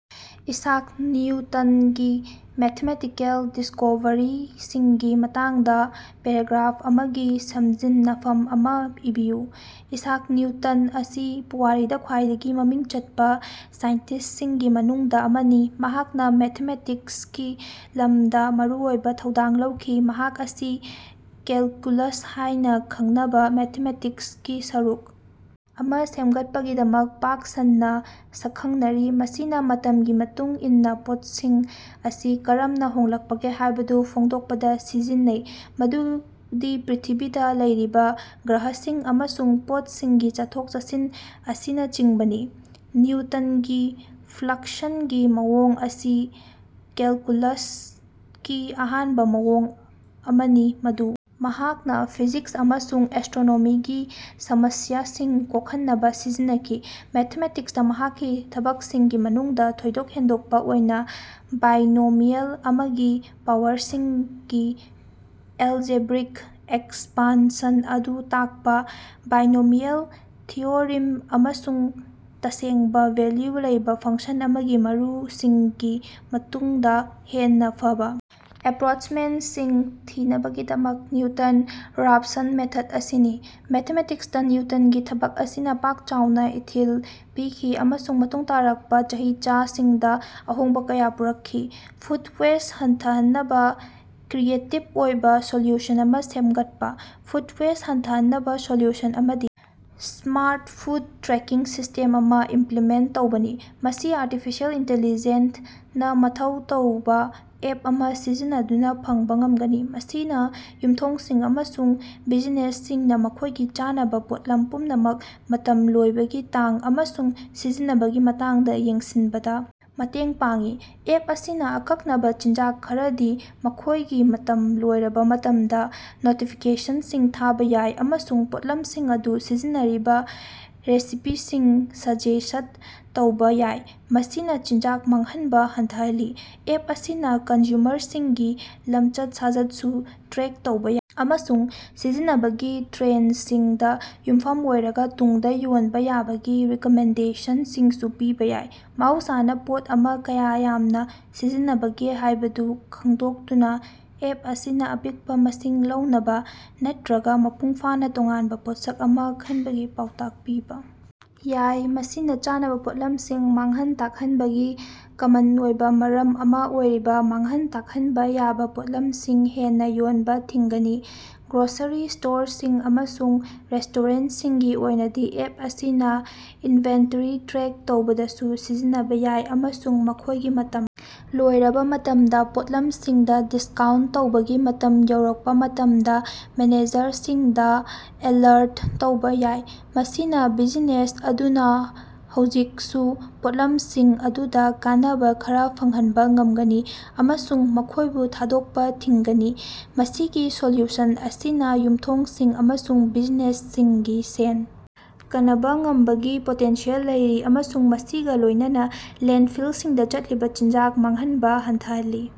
Isaac ꯅꯤꯎꯇꯟꯒꯤ mathematical ꯗꯤꯁꯀꯣꯚꯔꯤꯁꯤꯡꯒꯤ ꯃꯇꯥꯡꯗ ꯄꯦꯔꯒ꯭ꯔꯥꯐ ꯑꯃꯒꯤ ꯁꯝꯖꯤꯟꯅꯐꯝ ꯑꯃ ꯏꯕꯤꯌꯨ꯫ ꯏꯁꯥꯛ ꯅꯤꯎꯇꯟ ꯑꯁꯤ ꯄꯨꯋꯥꯔꯤꯗ ꯈ꯭ꯋꯥꯏꯗꯒꯤ ꯃꯃꯤꯡ ꯆꯠꯄ ꯁꯥꯏꯟꯇꯤꯁꯁꯤꯡꯒꯤ ꯃꯅꯨꯡꯗ ꯑꯃꯅꯤ, ꯃꯍꯥꯛꯅ ꯃꯦꯊꯃꯦꯇꯤꯛꯁꯀꯤ ꯂꯝꯗ ꯃꯔꯨꯑꯣꯏꯕ ꯊꯧꯗꯥꯡ ꯂꯧꯈꯤ꯫ ꯃꯍꯥꯛ ꯑꯁꯤ ꯀꯦꯜꯀꯨꯂꯁ ꯍꯥꯏꯅ ꯈꯪꯅꯕ ꯃꯦꯊꯃꯦꯇꯤꯛꯁꯀꯤ ꯁꯔꯨꯛ ꯑꯃ ꯁꯦꯝꯒꯠꯄꯒꯤꯗꯃꯛ ꯄꯥꯛ ꯁꯟꯅ ꯁꯛꯈꯪꯅꯔꯤ, ꯃꯁꯤꯅ ꯃꯇꯝꯒꯤ ꯃꯇꯨꯡ ꯏꯟꯅ ꯄꯣꯠꯁꯤꯡ ꯑꯁꯤ ꯀꯔꯝꯅ ꯍꯣꯡꯂꯛꯄꯒꯦ ꯍꯥꯏꯕꯗꯨ ꯐꯣꯡꯗꯣꯛꯄꯗ ꯁꯤꯖꯤꯟꯅꯩ, ꯃꯗꯨꯗꯤ ꯄ꯭ꯔꯤꯊꯤꯕꯤꯗ ꯂꯩꯔꯤꯕ ꯒ꯭ꯔꯍꯁꯤꯡ ꯑꯃꯁꯨꯡ ꯄꯣꯠꯁꯤꯡꯒꯤ ꯆꯠꯊꯣꯛ-ꯆꯠꯁꯤꯟ ꯑꯁꯤꯅꯆꯤꯡꯕꯅꯤ꯫ ꯅꯤꯎꯇꯟꯒꯤ ꯐ꯭ꯂꯛꯁꯟꯒꯤ ꯃꯑꯣꯡ ꯑꯁꯤ ꯀꯦꯜꯀꯨꯂꯁꯀꯤ ꯑꯍꯥꯟꯕ ꯃꯑꯣꯡ ꯑꯃꯅꯤ ꯃꯗꯨ ꯃꯍꯥꯛꯅ ꯐꯤꯖꯤꯛꯁ ꯑꯃꯁꯨꯡ ꯑꯦꯁꯇ꯭ꯔꯣꯅꯣꯃꯤꯒꯤ ꯁꯃꯁ꯭ꯌꯥꯁꯤꯡ ꯀꯣꯛꯍꯟꯅꯕ ꯁꯤꯖꯤꯟꯅꯈꯤ꯫ ꯃꯦꯊꯃꯦꯇꯤꯛꯁꯇ ꯃꯍꯥꯛꯀꯤ ꯊꯕꯛꯁꯤꯡꯒꯤ ꯃꯅꯨꯡꯗ ꯊꯣꯏꯗꯣꯛ ꯍꯦꯟꯗꯣꯛꯄ ꯑꯣꯏꯅ ꯕꯥꯏꯅꯣꯃꯤꯑꯦꯜ ꯑꯃꯒꯤ ꯄꯥꯋꯔꯁꯤꯡꯒꯤ ꯑꯦꯜꯖꯦꯕ꯭ꯔꯤꯛ ꯑꯦꯛꯁꯄꯥꯟꯁꯟ ꯑꯗꯨ ꯇꯥꯛꯄ ꯕꯥꯏꯅꯣꯃꯤꯑꯦꯜ ꯊꯤꯑꯣꯔꯤꯝ ꯑꯃꯁꯨꯡ ꯇꯁꯦꯡꯕ ꯚꯦꯜꯌꯨ ꯂꯩꯕ ꯐꯪꯁꯟ ꯑꯃꯒꯤ ꯃꯔꯨꯁꯤꯡꯒꯤ ꯇꯨꯡꯗ ꯍꯦꯟꯅ ꯐꯕ ꯑꯦꯄ꯭ꯔꯣꯆꯃꯦꯟꯠꯁꯤꯡ ꯊꯤꯅꯕꯒꯤꯗꯃꯛ "ꯅꯤꯎꯇꯟ-ꯔꯥꯐꯁꯟ ꯃꯦꯊꯗ" ꯑꯁꯤꯅꯤ꯫ ꯃꯦꯊꯃꯦꯇꯤꯛꯁꯇ ꯅꯤꯎꯇꯟꯒꯤ ꯊꯕꯛ ꯑꯁꯤꯅ ꯄꯥꯛ ꯆꯥꯎꯅ ꯏꯊꯤꯜ ꯄꯤꯈꯤ ꯑꯃꯁꯨꯡ ꯃꯇꯨꯡ ꯇꯥꯔꯛꯄ ꯆꯍꯤꯆꯥꯁꯤꯡꯗ ꯑꯍꯣꯡꯕ ꯀꯌ ꯄꯨꯔꯛꯈꯤ꯫ ꯐꯨꯗ ꯋꯦꯁꯠ ꯍꯟꯊꯍꯟꯅꯕ ꯀ꯭ꯔꯤꯌꯦꯇꯤꯕ ꯑꯣꯏꯕ ꯁꯣꯂꯨꯁꯟ ꯑꯃ ꯁꯦꯝꯒꯠꯄ꯫ ꯐꯨꯗ ꯋꯦꯁꯠ ꯍꯟꯊꯍꯟꯅꯕ ꯁꯣꯂꯨꯁꯟ ꯑꯃꯗꯤ ꯁ꯭ꯃꯥꯔꯠ ꯐꯨꯗ ꯇ꯭ꯔꯦꯀꯤꯡ ꯁꯤꯁ꯭ꯇꯦꯝ ꯑꯃ ꯏꯝꯄ꯭ꯂꯤꯃꯦꯟꯠ ꯇꯧꯕꯅꯤ꯫ ꯃꯁꯤ ꯑꯥꯔꯇꯤꯐꯤꯁꯦꯜ ꯏꯟꯇꯤꯂꯤꯖꯦꯟꯠ ꯅ ꯃꯊꯧ ꯇꯧꯕ ꯑꯦꯞ ꯑꯃ ꯁꯤꯖꯤꯟꯅꯗꯨꯅ ꯐꯪꯕ ꯉꯝꯒꯅꯤ, ꯃꯁꯤꯅ ꯌꯨꯝꯊꯣꯡꯁꯤꯡ ꯑꯃꯁꯨꯡ ꯕꯤꯖꯤꯅꯦꯁꯁꯤꯡꯅ ꯃꯈꯣꯏꯒꯤ ꯆꯥꯅꯕ ꯄꯣꯠꯂꯝ ꯄꯨꯝꯅꯃꯛ, ꯃꯇꯝ ꯂꯣꯏꯕꯒꯤ ꯇꯥꯡ, ꯑꯃꯁꯨꯡ ꯁꯤꯖꯤꯟꯅꯕꯒꯤ ꯃꯇꯥꯡꯗ ꯌꯦꯡꯁꯤꯟꯕꯗ ꯃꯇꯦꯡ ꯄꯥꯡꯏ꯫ ꯑꯦꯞ ꯑꯁꯤꯅ ꯑꯀꯛꯅꯕ ꯆꯤꯟꯖꯥꯛ ꯈꯔꯗꯤ ꯃꯈꯣꯏꯒꯤ ꯃꯇꯝ ꯂꯣꯏꯔꯕ ꯃꯇꯝꯗ ꯅꯣꯇꯤꯐꯤꯀꯦꯁꯟꯁꯤꯡ ꯊꯥꯕ ꯌꯥꯏ ꯑꯃꯁꯨꯡ ꯄꯣꯠꯂꯝꯁꯤꯡ ꯑꯗꯨ ꯁꯤꯖꯤꯟꯅꯔꯤꯕ ꯔꯦꯁꯤꯄꯤꯁꯤꯡ ꯁꯖꯦꯁꯠ ꯇꯧꯕ ꯌꯥꯏ, ꯃꯁꯤꯅ ꯆꯤꯟꯖꯥꯛ ꯃꯥꯡꯍꯟꯕ ꯍꯟꯊꯍꯜꯂꯤ꯫ ꯑꯦꯞ ꯑꯁꯤꯅ ꯀꯟꯖꯨꯃꯔꯁꯤꯡꯒꯤ ꯂꯃꯆꯠ-ꯁꯥꯖꯠꯁꯨ ꯇ꯭ꯔꯦꯛ ꯇꯧꯕ ꯌꯥꯏ ꯑꯃꯁꯨꯡ ꯁꯤꯖꯤꯟꯅꯕꯒꯤ ꯇ꯭ꯔꯦꯟꯗꯁꯤꯡꯗ ꯌꯨꯝꯐꯝ ꯑꯣꯏꯔꯒ ꯇꯨꯡꯗ ꯌꯣꯟꯕ ꯌꯥꯕꯒꯤ ꯔꯤꯀꯃꯦꯟꯗꯦꯁꯟꯁꯤꯡꯁꯨ ꯄꯤꯕ ꯌꯥꯏ꯫ ꯃꯍꯧꯁꯥꯅ ꯄꯣꯠ ꯑꯃ ꯀꯌꯥ ꯌꯥꯝꯅ ꯁꯤꯖꯤꯟꯅꯕꯒꯦ ꯍꯥꯏꯕꯗꯨ ꯈꯪꯗꯣꯛꯇꯨꯅ ꯑꯦꯞ ꯑꯁꯤꯅ ꯑꯄꯤꯛꯄ ꯃꯁꯤꯡ ꯂꯧꯅꯕ ꯅꯠꯇ꯭ꯔꯒ ꯃꯄꯨꯡ ꯐꯥꯅ ꯇꯣꯉꯥꯟꯕ ꯄꯣꯠꯁꯛ ꯑꯃ ꯈꯟꯕꯒꯤ ꯄꯥꯎꯇꯥꯛ ꯄꯤꯕ ꯌꯥꯏ꯫ ꯃꯁꯤꯅ ꯆꯥꯅꯕ ꯄꯣꯠꯂꯝꯁꯤꯡ ꯃꯥꯡꯍꯟ ꯇꯥꯛꯍꯟꯕꯒꯤ ꯀꯃꯟ ꯑꯣꯏꯕ ꯃꯔꯝ ꯑꯃ ꯑꯣꯏꯔꯤꯕ ꯃꯥꯡꯍꯟ ꯇꯥꯛꯍꯟꯕ ꯌꯥꯕ ꯄꯣꯠꯂꯝꯁꯤꯡ ꯍꯦꯟꯅ ꯌꯣꯟꯕ ꯊꯤꯡꯒꯅꯤ꯫ ꯒ꯭ꯔꯣꯁꯔꯤ ꯁ꯭ꯇꯣꯔꯁꯤꯡ ꯑꯃꯁꯨꯡ ꯔꯦꯁꯇꯣꯔꯦꯟꯠꯁꯤꯡꯒꯤ ꯑꯣꯏꯅꯗꯤ, ꯑꯦꯞ ꯑꯁꯤꯅ ꯏꯟꯚꯦꯟꯇꯔꯤ ꯇ꯭ꯔꯦꯛ ꯇꯧꯕꯗꯁꯨ ꯁꯤꯖꯤꯟꯅꯕ ꯌꯥꯏ ꯑꯃꯁꯨꯡ ꯃꯈꯣꯏꯒꯤ ꯃꯇꯝ ꯂꯣꯏꯔꯕ ꯃꯇꯝꯗ ꯄꯣꯠꯂꯝꯁꯤꯡꯗ ꯗꯤꯁꯀꯥꯎꯟꯠ ꯇꯧꯕꯒꯤ ꯃꯇꯝ ꯌꯧꯔꯛꯄ ꯃꯇꯝꯗ ꯃꯦꯅꯦꯖꯔꯁꯤꯡꯗ ꯑꯦꯂꯔꯠ ꯇꯧꯕ ꯌꯥꯏ꯫ ꯃꯁꯤꯅ ꯕꯤꯖꯤꯅꯦꯁ ꯑꯗꯨꯅ ꯍꯧꯖꯤꯀꯛꯁꯨ ꯄꯣꯠꯂꯝꯁꯤꯡ ꯑꯗꯨꯗ ꯀꯥꯟꯅꯕ ꯈꯔ ꯐꯪꯍꯟꯕ ꯉꯝꯒꯅꯤ ꯑꯃꯁꯨꯡ ꯃꯈꯣꯏꯕꯨ ꯊꯥꯗꯣꯛꯄ ꯊꯤꯡꯒꯅꯤ꯫ ꯃꯁꯤꯒꯤ ꯁꯣꯂꯨꯁꯟ ꯑꯁꯤꯅ ꯌꯨꯝꯊꯣꯡꯁꯤꯡ ꯑꯃꯁꯨꯡ ꯕꯤꯖꯤꯅꯦꯁꯁꯤꯡꯒꯤ ꯁꯦꯟ ꯀꯅꯕ ꯉꯝꯕꯒꯤ ꯄꯣꯇꯦꯟꯁꯤꯌꯦꯜ ꯂꯩꯔꯤ ꯑꯃꯁꯨꯡ ꯃꯁꯤꯒ ꯂꯣꯏꯅꯅ ꯂꯦꯟꯐꯤꯜꯁꯤꯡꯗ ꯆꯠꯂꯤꯕ ꯆꯤꯟꯖꯥꯛ ꯃꯥꯡꯍꯟꯕ ꯍꯟꯊꯍꯜꯂꯤ꯫